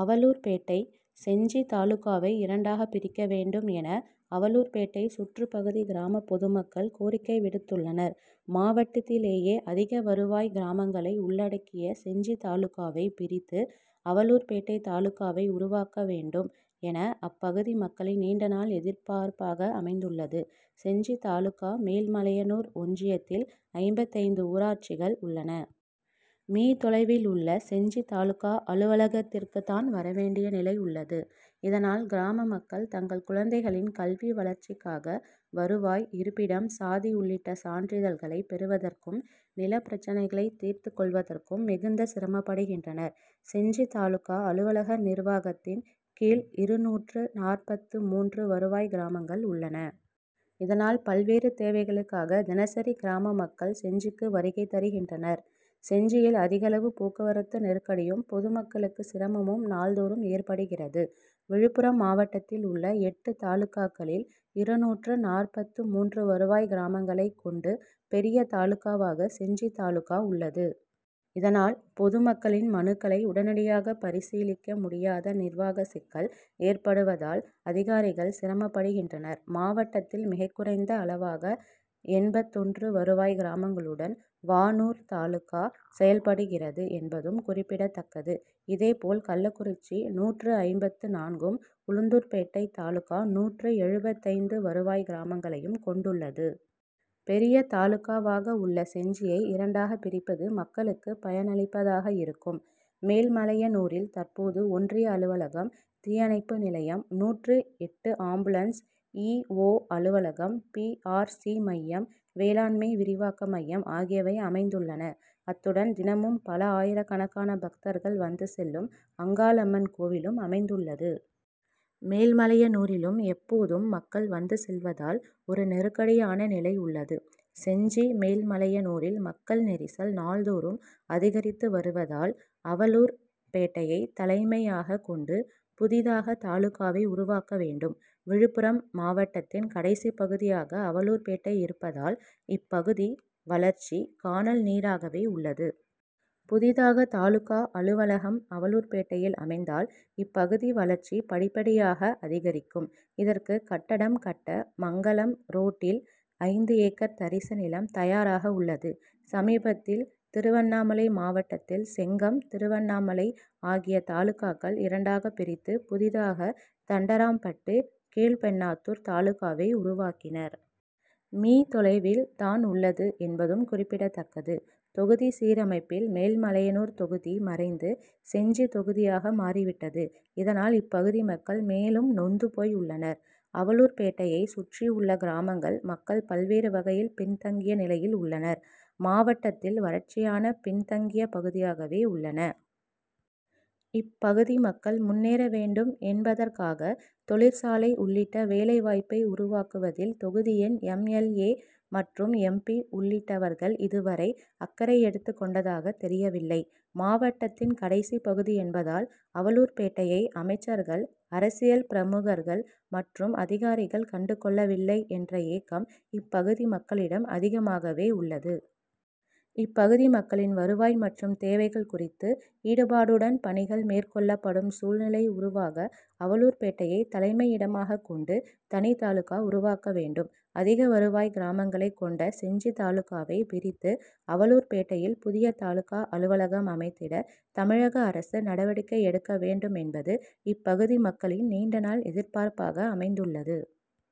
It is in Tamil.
அவலூர்பேட்டை:செஞ்சி தாலுகாவை இரண்டாக பிரிக்க வேண்டும் என அவலூர்பேட்டை சுற்றுப் பகுதி கிராம பொதுமக்கள் கோரிக்கை விடுத்துள்ளனர். மாவட்டத்திலேயே அதிக வருவாய் கிராமங்களை உள்ளடக்கிய செஞ்சி தாலுகாவை பிரித்து அவலூர்பேட்டை தாலுகாவை உருவாக்க வேண்டும் என அப்பகுதி மக்களின் நீண்டநாள் எதிர்ப்பார்ப் பாக அமைந்துள்ளது. செஞ்சி தாலுகா மேல்மலையனூர் ஒன்றியத்தில் ஐம்பத்தைந்து ஊராட்சிகள் உள்ளன. மீ., தொலைவில் உள்ள செஞ்சி தாலுகா அலுவலகத்திற்குத்தான் வர வேண்டிய நிலை உள்ளது. இதனால் கிராம மக்கள் தங்கள் குழந்தைகளின் கல்வி வளர்ச் சிக்காக வருவாய், இருப்பிடம், சாதி உள்ளிட்ட சான்றிதழ்களை பெறுவதற்கும், நில பிரச்னைகளை தீர்த்துக் கொள்வதற்கும் மிகுந்த சிரமப்படுகின்றனர். செஞ்சி தாலுகா அலுவலக நிர்வாகத்தின் கீழ் இருநூற்று நாற்பத்து மூன்று வருவாய் கிராமங்கள் உள்ளன. இதனால் பல்வேறு தேவைகளுக்காக தினசரி கிராம மக்கள் செஞ்சிக்கு வருகை தருகின்றனர். செஞ்சியில் அதிகளவு போக்குவரத்து நெருக் கடியும், பொதுமக்களுக்கு சிரமமும் நாள்தோறும் ஏற்படுகிறது. விழுப்புரம் மாவட்டத்தில் உள்ள எட்டு தாலுகாக்களில் இருநூற்று நாற்பத்து மூன்று வருவாய் கிராமங்களை கொண்டு பெரிய தாலுகாவாக செஞ்சி தாலுகா உள்ளது. இதனால் பொதுமக்களின் மனுக்களை உடனடியாக பரிசீலிக்க முடியாத நிர்வாக சிக்கல் ஏற்படுவதால் அதிகாரிகள் சிரமப்படுகின்றனர். மாவட்டத்தில் மிகக்குறைந்த அளவாக எண்பத்தொன்று வருவாய் கிராமங்களுடன் வானூர் தாலுகா செயல்படுகிறது என்பதும் குறிப்பிடத்தக்கது. இதே போல் கள்ளக்குறிச்சி நூற்று ஐம்பத்து நான்கும், உளுந்தூர்பேட்டை தாலுகா நூற்று எழுபத்தைந்து வருவாய் கிராமங்களையும் கொண்டுள்ளது. பெரிய தாலுகாவாக உள்ள செஞ்சியை இரண்டாக பிரிப்பது மக்களுக்கு பயனளிப்பதாக இருக்கும். மேல்மலையனூரில் தற்போது ஒன்றிய அலுவலகம், தீயணைப்பு நிலையம், நூற்று எட்டு ஆம்புலன்ஸ் இ. ஓ., அலுவலகம், பி. ஆர். சி., மையம், வேளாண்மை விரிவாக்க மையம் ஆகியவை அமைந் துள்ளன. அத்துடன் தினமும் பல ஆயிரக்கணக்கான பக்தர்கள் வந்து செல்லும் அங்காளம்மன் கோவிலும் அமைந்துள்ளது. மேல்மலையனூரிலும் எப்போதும் மக்கள் வந்து செல்வதால் ஒரு நெருக்கடியான நிலை உள்ளது. செஞ்சி, மேல்மலையனூரில் மக்கள் நெரிசல் நாள்தோறும் அதிகரித்து வருவதால் அவலூர் பேட்டையை தலைமையாக கொண்டு புதிதாக தாலுகாவை உருவாக்க வேண்டும். விழுப்புரம் மாவட்டத்தின் கடைசிப்பகுதியாக அவலூர்பேட்டை இருப்பதால் இப்பகுதி வளர்ச்சி கானல் நீராகவே உள்ளது. புதிதாக தாலுகா அலுவலகம் அவலூர்பேட்டையில் அமைந்தால் இப்பகுதி வளர்ச்சி படிப்படியாக அதிகரிக்கும். இதற்கு கட்டடம் கட்ட மங்கலம் ரோடில் ஐந்து ஏக்கர் தரிசு நிலம் தயாராக உள்ளது. சமீபத்தில் திருவண்ணாமலை மாவட்டத்தில் செங்கம், திருவண்ணாமலை ஆகிய தாலுகாக்கள் இரண்டாக பிரித்து புதிதாக தண்டராம்பட்டு, கீழ்பெண் ணாத்தூர் தாலுகாவை உருவாக்கினர். மீ., தொலைவில் தான் உள்ளது என்பதும் குறிப்பிடத்தக்கது. தொகுதி சீரமைப்பில் மேல்மலையனூர் தொகுதி மறைந்து செஞ்சி தொகுதியாக மாறிவிட்டது. இதனால் இப்பகுதி மக்கள் மேலும் நொந்து போய் உள்ளனர். அவலூர்பேட்டையை சுற்றி உள்ள கிராம மக்கள் பல்வேறு வகையில் பின்தங்கிய நிலையில் உள்ளனர். மாவட்டத் தில் வறட்சியான பின்தங்கிய பகுதியாகவே உள்ளன. இப்பகுதி மக்கள் முன்னேற வேண்டும் என் பதற்காக தொழிற்சாலை உள் ளிட்ட வேலை வாய்ப்பை உருவாக்குவதில் தொகுதியின் எம். எல். ஏ., மற்றும் எம். பி., உள்ளிட் டவர்கள் இதுவரை அக்கறை எடுத்துக் கொண்டதாக தெரியவில்லை. மாவட்டத்தின் கடைசி பகுதி என்பதால் அவலூர்பேட் டையை அமைச்சர்கள், அரசியல் பிரமுகர்கள் மற்றும் அதிகாரிகள் கண்டு கொள்ளவில்லை என்ற ஏக்கம் இப்பகுதி மக்களிடம் அதிகமாகவே உள்ளது. இப்பகுதி மக்களின் வருவாய் மற்றும் தேவைகள் குறித்து ஈடுபாடுடன் பணிகள் மேற்கொள் ளப்படும் சூழ்நிலை உருவாக அவலூர்பேட்டையை தலைமையிடமாக கொண்டு தனி தாலுகா உருவாக்க வேண்டும். அதிக வருவாய் கிராமங்களை கொண்ட செஞ்சி தாலுகாவை பிரித்து அவலூர்பேட்டையில் புதிய தாலுகா அலுவலகம் அமைத்திட தமிழக அரசு நடவடிக்கை எடுக்க வேண்டும் என்பது இப்பகுதி மக்களின் நீண்டநாள் எதிர்பார்ப்பாக அமைந்துள்ளது.